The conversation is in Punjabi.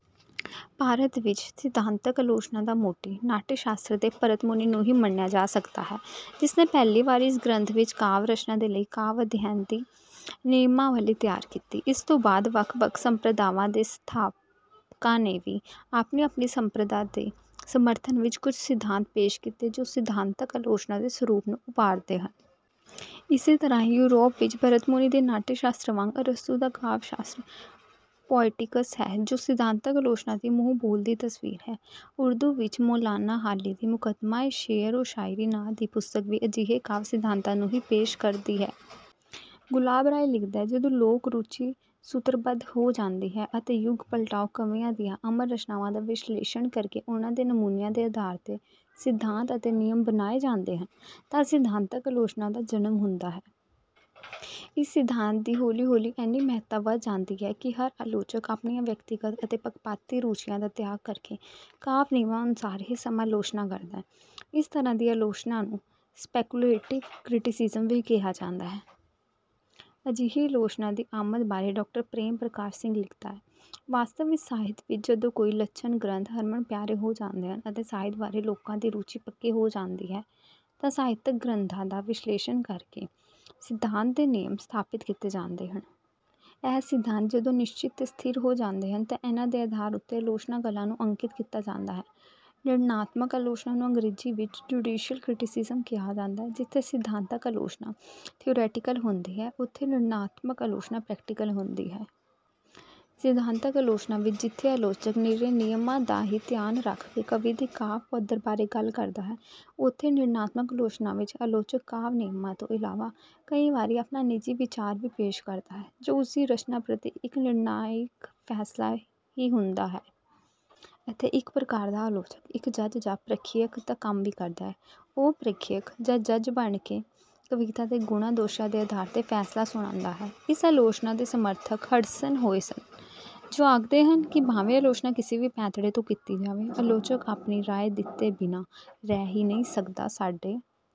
ਭਾਰਤ ਵਿੱਚ ਸਿਧਾਂਤਕ ਆਲੋਚਨਾ ਦਾ ਮੋਢੀ ਨਾਟਯ-ਸ਼ਾਸਤਰ ਦੇ ਭਰਤਮੁਨੀ ਨੂੰ ਹੀ ਮੰਨਿਆ ਜਾ ਸਕਦਾ ਹੈ, ਜਿਸ ਨੇ ਪਹਿਲੀ ਵਾਰੀ ਇਸ ਗ੍ਰੰਥ ਵਿੱਚ ਕਾਵਿ ਰਚਨਾ ਦੇ ਲਈ ਕਾਵਿ-ਅਧਿਐਨ ਦੀ ਨਿਯਮਾਵਲੀ ਤਿਆਰ ਕੀਤੀ। ਇਸ ਤੋਂ ਬਾਅਦ ਵੱਖ-ਵੱਖ ਸੰਪ੍ਰਦਾਵਾਂ ਦੇ ਸਥਾਪਕਾਂ ਨੇ ਵੀ ਆਪਣੀ-ਆਪਣੀ ਸੰਪ੍ਰਦਾ ਦੇ ਸਮਰਥਨ ਵਿੱਚ ਕੁੱਝ ਸਿਧਾਂਤ ਪੇਸ਼ ਕੀਤੇ ਜੋ ਸਿਧਾਂਤਕ ਆਲੋਚਨਾ ਦੇ ਸਰੂਪ ਨੂੰ ਉਭਾਰਦੇ ਹਨ। ਇਸੇ ਤਰ੍ਹਾਂ ਹੀ, ਯੂਰੋਪ ਵਿੱਚ ਭਰਤਮੁਨੀ ਦੇ ਨਾਟਯ-ਸ਼ਾਸਤਰ ਵਾਂਗ ਅਰਸਤੂ ਦਾ ਕਾਵਿ-ਸ਼ਾਸਤਰ 'ਪੋਇਟਿਕਸ' ਹੈ ਜੋ ਸਿਧਾਂਤਕ ਆਲੋਚਨਾ ਦੀ ਮੂੰਹ-ਬੋਲਦੀ ਤਸਵੀਰ ਹੈ। ਉਰਦੂ ਵਿੱਚ ਮੌਲਾਨਾ ਹਾਲੀ ਦੀ 'ਮੁਕੱਦਮਾ-ਏ-ਸ਼ੇਅਰ-ਓ-ਸ਼ਾਇਰੀ' ਨਾਂ ਦੀ ਪੁਸਤਕ ਵੀ ਅਜਿਹੇ ਕਾਵਿ ਸਿਧਾਂਤਾਂ ਨੂੰ ਹੀ ਪੇਸ਼ ਕਰਦੀ ਹੈ। ਗੁਲਾਬ ਰਾਏ ਲਿਖਦਾ ਹੈ, "ਜਦੋਂ ਲੋਕ ਰੁਚੀ ਸੂਤਰਬੱਧ ਹੋ ਜਾਂਦੀ ਹੈ ਅਤੇ ਯੁੱਗ-ਪਲਟਾਊ ਕਵੀਆਂ ਦੀਆਂ ਅਮਰ ਰਚਨਾਵਾਂ ਦਾ ਵਿਸ਼ਲੇਸ਼ਣ ਕਰਕੇ ਉਹਨਾਂ ਦੇ ਨਮੂਨਿਆਂ ਦੇ ਆਧਾਰ ਤੇ ਸਿਧਾਂਤ ਅਤੇ ਨਿਯਮ ਬਣਾਏ ਜਾਂਦੇ ਹਨ ਤਾਂ ਸਿਧਾਂਤਕ ਆਲੋਚਨਾ ਦਾ ਜਨਮ ਹੁੰਦਾ ਹੈ।" ਇਸ ਸਿਧਾਂਤ ਦੀ ਹੌਲੀ-ਹੌਲੀ ਐਨੀ ਮਹੱਤਤਾ ਵੱਧ ਜਾਂਦੀ ਹੈ ਕਿ ਹਰ ਆਲੋਚਕ ਆਪਣੀਆਂ ਵਿਅਕਤੀਗਤ ਅਤੇ ਪੱਖਪਾਤੀ ਰੁਚੀਆਂ ਦਾ ਤਿਆਗ ਕਰਕੇ ਕਾਵਿ ਨਿਯਮਾਂ ਅਨੁਸਾਰ ਹੀ ਸਮਾਲੋਚਨਾ ਕਰਦਾ ਹੈ। ਇਸ ਤਰ੍ਹਾਂ ਦੀ ਆਲੋਚਨਾ ਨੂੰ 'ਸਪੈਕੂਲੇਟਿਵ ਕਰਿਟਿਸਿਜ਼ਮ' ਵੀ ਕਿਹਾ ਜਾਂਦਾ ਹੈ। ਅਜਿਹੀ ਆਲੋਚਨਾ ਦੀ ਆਮਦ ਬਾਰੇ ਡਾਕਟਰ ਪ੍ਰੇਮ ਪ੍ਰਕਾਸ਼ ਸਿੰਘ ਲਿਖਦਾ ਹੈ- "ਵਾਸਤਵ ਵਿੱਚ ਸਾਹਿਤ ਵਿੱਚ ਜਦੋਂ ਕੋਈ ਲੱਛਣ ਗ੍ਰੰਥ ਹਰਮਨ-ਪਿਆਰੇ ਹੋ ਜਾਂਦੇ ਹਨ ਅਤੇ ਸਾਹਿਤ ਬਾਰੇ ਲੋਕਾਂ ਦੀ ਰੁਚੀ ਪੱਕੀ ਹੋ ਜਾਂਦੀ ਹੈ ਤਾਂ ਸਾਹਿਤਿਕ ਗ੍ਰੰਥਾਂ ਦਾ ਵਿਸ਼ਲੇਸ਼ਣ ਕਰਕੇ ਸਿਧਾਂਤ ਦੇ ਨਿਯਮ ਸਥਾਪਿਤ ਕੀਤੇ ਜਾਂਦੇ ਹਨ। ਇਹ ਸਿਧਾਂਤ ਜਦੋਂ ਨਿਸ਼ਚਿਤ ਤੇ ਸਥਿਰ ਹੋ ਜਾਂਦੇ ਹਨ ਤਾਂ ਇਨ੍ਹਾਂ ਦੇ ਆਧਾਰ ਉੱਤੇ ਆਲੋਚਨਾ ਕਲਾ ਨੂੰ ਅੰਕਿਤ ਕੀਤਾ ਜਾਂਦਾ ਹੈ।" ਨਿਰਣਾਤਮਕ ਆਲੋਚਨਾ ਨੂੰ ਅੰਗਰੇਜ਼ੀ ਵਿੱਚ 'ਜੁਡੀਸ਼ੀਅਲ ਕਰਿਟਿਸਿਜ਼ਮ' ਕਿਹਾ ਜਾਂਦਾ ਹੈ। ਜਿੱਥੇ ਸਿਧਾਂਤਕ ਆਲੋਚਨਾ 'ਥਿਊਰੈਟੀਕਲ' ਹੁੰਦੀ ਹੈ, ਉੱਥੇ ਨਿਰਣਾਤਮਕ ਆਲੋਚਨਾ 'ਪ੍ਰੈਕਟੀਕਲ' ਹੁੰਦੀ ਹੈ। ਸਿਧਾਂਤਕ ਆਲੋਚਨਾ ਵਿੱਚ ਜਿੱਥੇ ਆਲੋਚਕ ਨਿਰੇ ਨਿਯਮਾਂ ਦਾ ਹੀ ਧਿਆਨ ਰੱਖ ਕੇ ਕਵੀ ਦੇ ਕਾਵਿ ਪੱਧਰ ਬਾਰੇ ਗੱਲ ਕਰਦਾ ਹੈ, ਉੱਥੇ ਨਿਰਣਾਤਮਕ ਆਲੋਚਨਾ ਵਿੱਚ ਆਲੋਚਕ ਕਾਵਿ ਨਿਯਮਾਂ ਤੋਂ ਇਲਾਵਾ ਕਈ ਵਾਰੀ ਆਪਣਾ ਨਿੱਜੀ ਵਿਚਾਰ ਵੀ ਪੇਸ਼ ਕਰਦਾ ਹੈ, ਜੋ ਉਸਦੀ ਰਚਨਾ ਪ੍ਰਤੀ ਇੱਕ ਨਿਰਣਾਇਕ ਫੈਸਲਾ ਹੀ ਹੁੰਦਾ ਹੈ। ਇੱਥੇ ਇੱਕ ਪ੍ਰਕਾਰ ਦਾ ਆਲੋਚਕ ਇੱਕ ਜੱਜ ਜਾਂ ਪ੍ਰੀਖਿਅਕ ਦਾ ਕੰਮ ਵੀ ਕਰਦਾ ਹੈ। ਉਹ ਪ੍ਰੀਖਿਅਕ ਜਾਂ ਜੱਜ ਬਣ ਕੇ ਕਵਿਤਾ ਦੇ ਗੁਣਾਂ-ਦੋਸ਼ਾਂ ਦੇ ਆਧਾਰ 'ਤੇ ਫੈਸਲਾ ਸੁਣਾਉਂਦਾ ਹੈ। ਇਸ ਆਲੋਚਨਾ ਦੇ ਸਮਰਥਕ ਹਡਸਨ ਹੋਏ ਹਨ, ਜੋ ਆਖਦੇ ਹਨ ਕਿ ਭਾਵੇਂ ਆਲੋਚਨਾ ਕਿਸੇ ਵੀ ਪੈਂਤੜੇ ਤੋਂ ਕੀਤੀ ਜਾਵੇ, ਆਲੋਚਕ ਆਪਣੀ ਰਾਏ ਦਿੱਤੇ ਬਿਨਾਂ ਰਹਿ ਹੀ ਨਹੀਂ ਸਕਦਾ। ਸਾਡੇ